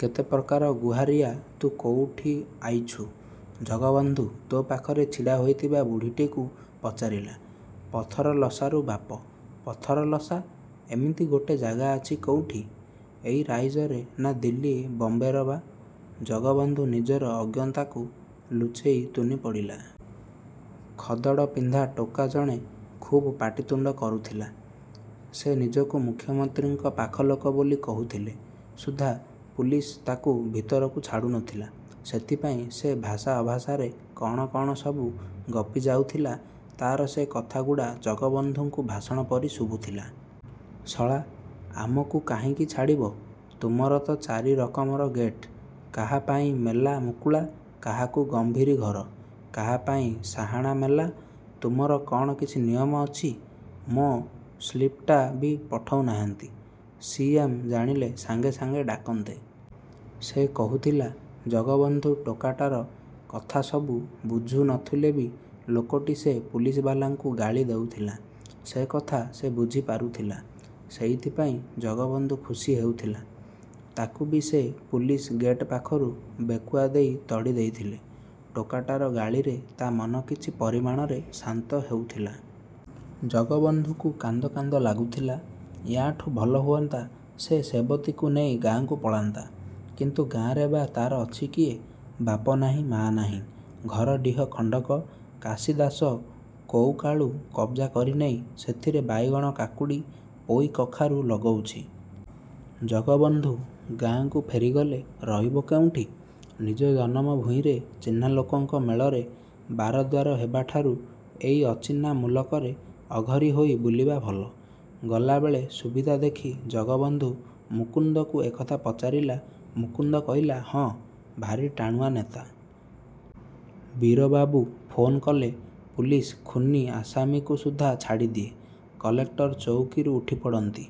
କେତେ ପ୍ରକାର ଗୁହାରିଆ। ତୁ କୋଉଠୁ ଆଇଛୁ? ଜଗବନ୍ଧୁ ତା ପାଖରେ ଛିଡ଼ା ହୋଇଥିବା ବୁଢ଼ୀଟିକୁ ପଚାରିଲା। 'ପଥରଲସାରୁ ବାପ! ' ପଥରଲସା? ଏମିତି ଗୋଟେ ଜାଗା ଅଛି କୋଉଠି? ଏଇ ରାଇଜରେ ନା ଦିଲ୍ଲୀ ବମ୍ବେରେ ବା! ଜଗବନ୍ଧୁ ନିଜର ଅଜ୍ଞତାକୁ ଲୁଚେଇ ତୁନି ପଡ଼ିଲା। ଖଦଡ଼ ପିନ୍ଧା ଟୋକା ଜଣେ ଖୁବ୍ ପାଟିତୁଣ୍ଡ କରୁଥିଲା। ସେ ନିଜକୁ ମୁଖ୍ୟମନ୍ତ୍ରୀଙ୍କ ପାଖଲୋକ ବୋଲି କହୁଥିଲେ ସୁଦ୍ଧା ପୁଲିସ ତାକୁ ଭିରତକୁ ଛାଡ଼ୁ ନଥିଲା। ସେଥିପାଇଁ ସେ ଭାଷା ଅଭାଷାରେ କଣ କଣ ସବୁ ଗପିଯାଉଥିଲା। ତାର ସେ କଥାଗୁଡ଼ା ଜଗବନ୍ଧୁକୁ ଭାଷଣ ପରି ଶୁଭୁଥିଲା। ଶଳା, ଆମକୁ କାହିଁକି ଛାଡ଼ିବ? ତୁମର ତ ଚାରି ରକମର ଗେଟ୍। କାହା ପାଇଁ ମେଲା ମୁକୁଳା, କାହାକୁ ଗମ୍ଭୀରି ଘର, କାହା ପାଇଁ ସାହାଣ ମେଲା, ତୁମର କଣ କିଛି ନିୟମ ଅଛି? ମୋ ସ୍ଲିପ୍ଟା ବି ପଠଉନାହାନ୍ତି। ସି. ଏମ୍. ଜାଣିଲେ ସାଙ୍ଗେ ସାଙ୍ଗେ ଡାକନ୍ତେ। ସେ କହୁଥିଲା। ଜଗବନ୍ଧୁ ଟୋକାଟାର କଥା ସବୁ ବୁଝୁ ନଥିଲେ ବି ଲୋକଟି ଯେ ପୁଲିସବାଲାଙ୍କୁ ଗାଳି ଦଉଥିଲା ସେକଥା ସେ ବୁଝି ପାରୁଥିଲା। ସେଇଥିପାଇଁ ଜଗବନ୍ଧୁ ଖୁସି ହେଉଥିଲା। ତାକୁ ବି ସେ ପୁଲିସ ଗେଟ୍ ପାଖରୁ ବେକୁଆ ଦେଇ ତଡ଼ିଦେଇଥିଲା। ଟୋକାଟାର ଗାଳିରେ ତା ମନ କିଛି ପରିମାଣରେ ଶାନ୍ତ ହେଉଥିଲା। ଜଗବନ୍ଧୁକୁ କାନ୍ଦ କାନ୍ଦ ଲାଗୁଥିଲା। ୟାଠୁଁ ଭଲ ହୁଅନ୍ତା ସେ ସେବତୀକୁ ନେଇ ଗାଁକୁ ପଳାନ୍ତା। କିନ୍ତୁ ଗାଁରେ ବା ତାର ଅଛି କିଏ? ବାପ ନାହିଁ, ମା ନାହିଁ। ଘର ଡିହ ଖଣ୍ଡକ କାଶି ଦାସ କୋଉକାଳୁ କବ୍ଜା କରିନେଇ ସେଥିରେ ବାଇଗଣ, କାକୁଡ଼ି, ପୋଇ, କଖାରୁ ଲଗଉଛି। ଜଗବନ୍ଧୁ ଗାଁକୁ ଫେରିଗଲେ ରହିବ କୋଉଠି? ନିଜ ଜନମ ଭୂଇଁରେ ଚିହ୍ନା ଲୋକଙ୍କ ମେଳରେ ବାରଦ୍ୱାର ହେବାଠାରୁ ଏଇ ଅଚିହ୍ନା ମୁଲକରେ ଅଘରୀ ହୋଇ ବୁଲିବା ଭଲ। ଗଲାବେଳେ ସୁବିଧା ଦେଖି ଜଗବନ୍ଧୁ ମୁକୁନ୍ଦକୁ ଏକଥା ପଚାରିଲା। ମୁକୁନ୍ଦ କହିଲା, "ହଁ, ଭାରି ଟାଣୁଆ ନେତା। ବୀରବାବୁ ଫୋନ୍ କଲେ ପୁଲିସ ଖୁନୀ ଆସାମୀକୁ ସୁଦ୍ଧା ଛାଡ଼ିଦିଏ। କଲେକ୍ଟର ଚଉକୀରୁ ଉଠିପଡ଼ନ୍ତି।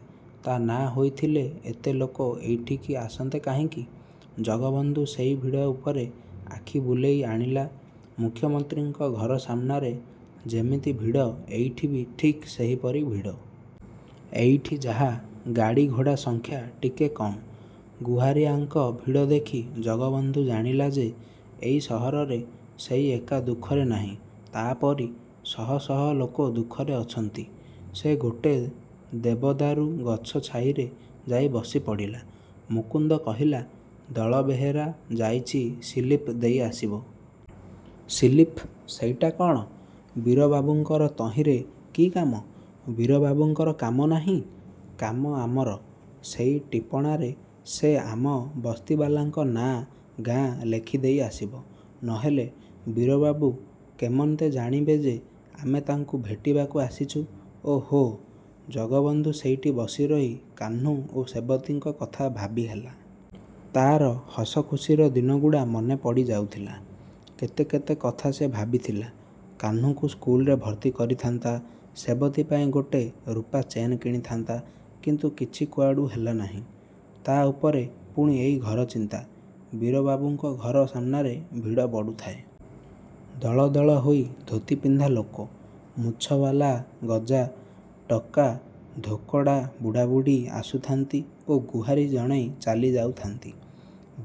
ତା ନ ହୋଇଥିଲେ ଏତେ ଲୋକ ଏଠିକି ଆସନ୍ତେ କାହିଁକି? " ଜଗବନ୍ଧୁ ସେଇ ଭିଡ଼ ଉପରେ ଆଖି ବୁଲେଇ ଆଣିଲା। ମୁଖ୍ୟମନ୍ତ୍ରୀଙ୍କ ଘର ସାମ୍ନାରେ ଯେମିତି ଭିଡ଼, ଏଠି ବି ଠିକ୍ ସେହିପରି ଭିଡ଼। ଏଠି ଯାହା ଗାଡ଼ିଘୋଡ଼ା ସଂଖ୍ୟା ଟିକେ କମ୍। ଗୁହାରିଆଙ୍କ ଭିଡ଼ ଦେଖି ଜଗବନ୍ଧୁ ଜାଣିଲା ଯେ ଏଇ ସହରରେ ସେଇ ଏକା ଦୁଃଖରେ ନାହିଁ। ତା ପରି ଶହ ଶହ ଲୋକ ଦୁଃଖରେ ଅଛନ୍ତି। ସେ ଗୋଟେ ଦେବଦାରୁ ଗଛ ଛାଇରେ ଯାଇ ବସିପଡ଼ିଲା। ମୁକୁନ୍ଦ କହିଲା, 'ଦଳବେହେରା ଯାଇଛି ସିଲିପ୍ ଦେଇଆସିବ। 'ସିଲିପ୍! ସେଇଟି କଣ? ବୀରବାବୁଙ୍କର ତହିଁରେ କି କାମ? ବୀରବାବୁଙ୍କର କାମ ନାହିଁ। କାମ ଆମର। ସେଇ ଟିପଣାରେ ସେ ଆମ ବସ୍ତିବାଲାଙ୍କ ନାଁ, ଗାଁ ଲେଖିଦେଇ ଆସିବ। ନହେଲେ ବୀରବାବୁ କେମନ୍ତେ ଜାଣିବେ ଯେ ଆମେ ତାଙ୍କୁ ଭେଟିବାକୁ ଆସିଛୁ। ଓ ହୋ! ଜଗବନ୍ଧୁ ସେଇଠି ବସିରହି କାହ୍ନୁ ଓ ସେବତୀଙ୍କ କଥା ଭାବିହେଲା। ତାର ହସଖୁସିର ଦିନଗୁଡ଼ା ମନେପଡ଼ି ଯାଉଥିଲା। କେତେ କେତେ କଥା ସେ ଭାବିଥିଲା। କାହ୍ନୁକୁ ସ୍କୁଲରେ ଭର୍ତ୍ତି କରିଥାନ୍ତା, ସେବତୀ ପାଇଁ ଗୋଟେ ରୁପାଚେନ୍ କିଣିଥାନ୍ତା। କିନ୍ତୁ କିଛି କୁଆଡ଼ୁ ହେଲା ନାହିଁ। ତା' ଉପରେ ପୁଣି ଏଇ ଘରଚିନ୍ତା। ବୀରବାବୁଙ୍କ ଘର ସାମ୍ନାରେ ଭିଡ଼ ବଢ଼ୁଥାଏ। ଦଳ ଦଳ ହୋଇ ଧୋତିପିନ୍ଧା ଲୋକ, ମୁଛବାଲା ଗଜା ଟୋକା, ଧୋକଡ଼ା ବୁଢ଼ାବୁଢ଼ୀ ଆସୁଥାନ୍ତି ଓ ଗୁହାରି ଜଣେଇ ଚାଲିଯାଉଥାଆନ୍ତି।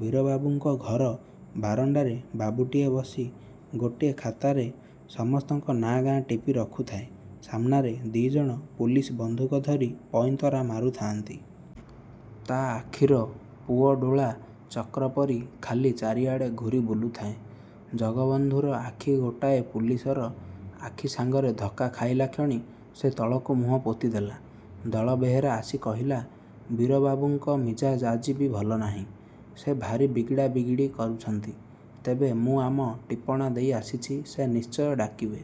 ବୀରବାବୁଙ୍କ ଘର ବାରଣ୍ଡାରେ ବାବୁଟିଏ ବସି ଗୋଟେ ଖାତାରେ ସମସ୍ତଙ୍କର ନାଁ ଗାଁ ଟିପି ରଖୁଥାଏ। ସାମ୍ନାରେ ଦି ଜଣ ପୁଲିସ ବନ୍ଧୁକ ଧରି ପଇଁତରା ମାରୁଥାଆନ୍ତି। ତା ଆଖିର ପୁଅଡୋଳା ଚକ୍ରପରି ଖାଲି ଚାରିଆଡ଼େ ଘୂରି ବୁଲୁଥାଏ। ଜଗବନ୍ଧୁର ଆଖି ଗୋଟାଏ ପୁଲିସର ଆଖି ସାଙ୍ଗରେ ଧକ୍କା ଖାଇଲା କ୍ଷଣି ସେ ତଳକୁ ମୁହଁ ପୋତିଦେଲା। ଦଳବେହେରା ଆସି କହିଲା, "ବୀରବାବୁଙ୍କ ମିଜାଜ ଆଜି ବି ଭଲ ନାହିଁ। ସେ ଭାରି ବିଗିଡ଼ା ବିଗିଡ଼ି କରୁଛନ୍ତି। ତେବେ ମୁଁ ଆମ ଟିପଣା ଦେଇ ଆସିଛି। ସେ ନିଶ୍ଚୟ ଡାକିବେ।